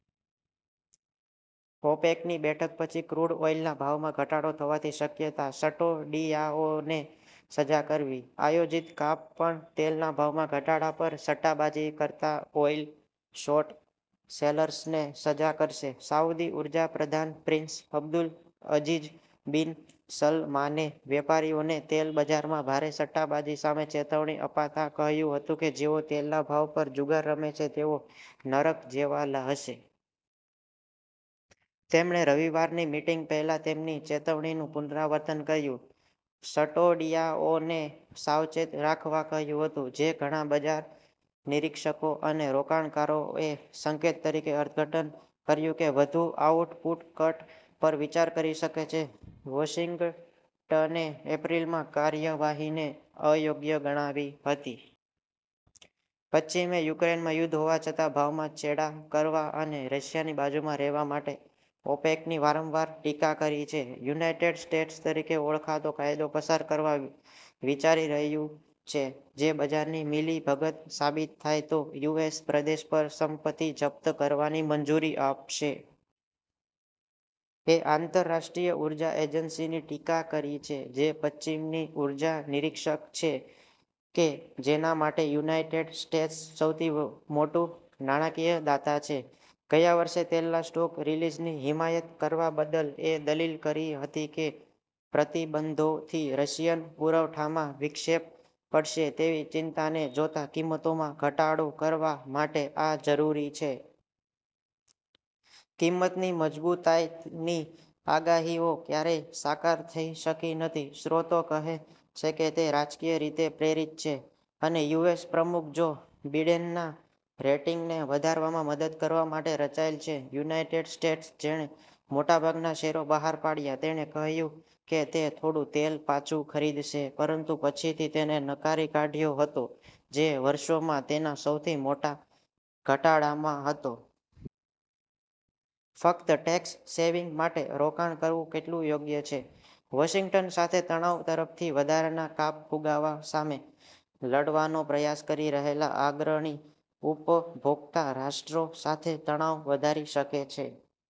ઓપેકની બેઠક પછી ક્રૂડ ઓઇલના ભાવમાં ઘટાડો થવાની શક્યતા. સટોડિયાઓને સજા કરવી, આયોજિત કાપ પણ તેલના ભાવમાં ઘટાડા પર સટ્ટાબાજી કરતા ઓઇલ શોર્ટ સેલર્સને સજા કરશે. સાઉદી ઉર્જા પ્રધાન પ્રિન્સ અબ્દુલ અઝીઝ બિન સલમાને વેપારીઓને તેલ બજારમાં ભારે સટ્ટાબાજી સામે ચેતવણી આપતાં કહ્યું હતું કે જેઓ તેલના ભાવ પર જુગાર રમે છે તેઓ "નરક જેવા" હશે. તેમણે રવિવારની મીટિંગ પહેલા તેમની ચેતવણીનું પુનરાવર્તન કર્યું, સટોડિયાઓને "સાવચેત રાખવા" કહ્યું હતું, જે ઘણા બજાર નિરીક્ષકો અને રોકાણકારોએ સંકેત તરીકે અર્થઘટન કર્યું કે વધુ આઉટપુટ કટ પર વિચાર કરી શકે છે. વોશિંગ્ટને એપ્રિલમાં કાર્યવાહીને અયોગ્ય ગણાવી હતી. પશ્ચિમે યુક્રેનમાં યુદ્ધ હોવા છતાં ભાવમાં ચેડાં કરવા અને રશિયાની બાજુમાં રહેવા માટે ઓપેકની વારંવાર ટીકા કરી છે. યુનાઇટેડ સ્ટેટ્સ તરીકે ઓળખાતો કાયદો પસાર કરવા વિચારી રહ્યું છે, જે બજારની મિલીભગત સાબિત થાય તો યુએસ પ્રદેશ પર સંપત્તિ જપ્ત કરવાની મંજૂરી આપશે. એ આંતરરાષ્ટ્રીય ઉર્જા એજન્સીની ટીકા કરી છે, જે પશ્ચિમની ઉર્જા નિરીક્ષક છે કે જેના માટે યુનાઇટેડ સ્ટેટ્સ સૌથી મોટું નાણાકીય દાતા છે, ગયા વર્ષે તેલના સ્ટોક રિલીઝની હિમાયત કરવા બદલ એ દલીલ કરી હતી કે પ્રતિબંધોથી રશિયન પુરવઠામાં વિક્ષેપ પડશે તેવી ચિંતાને જોતાં કિંમતોમાં ઘટાડો કરવા માટે આ જરૂરી છે. કિંમતની મજબૂતાઈની આગાહીઓ ક્યારેય સાકાર થઈ શકી નથી, સ્ત્રોતો કહે છે કે તે રાજકીય રીતે પ્રેરિત છે અને યુએસ પ્રમુખ જો બિડેનના રેટિંગને વધારવામાં મદદ કરવા માટે રચાયેલ છે. યુનાઇટેડ સ્ટેટ્સ, જેણે મોટાભાગના શેરો બહાર પાડ્યા, તેણે કહ્યું કે તે થોડું તેલ પાછું ખરીદશે, પરંતુ પછીથી તેને નકારી કાઢ્યો હતો, જે વર્ષોમાં તેના સૌથી મોટા ઘટાડામાં હતો. ફક્ત ટેક્સ સેવિંગ માટે રોકાણ કરવું કેટલું યોગ્ય છે? વોશિંગ્ટન સાથે તણાવ તરફથી વધારાના કાપ ફુગાવા સામે લડવાનો પ્રયાસ કરી રહેલા અગ્રણી ઉપભોક્તા રાષ્ટ્રો સાથે તણાવ વધારી શકે છે.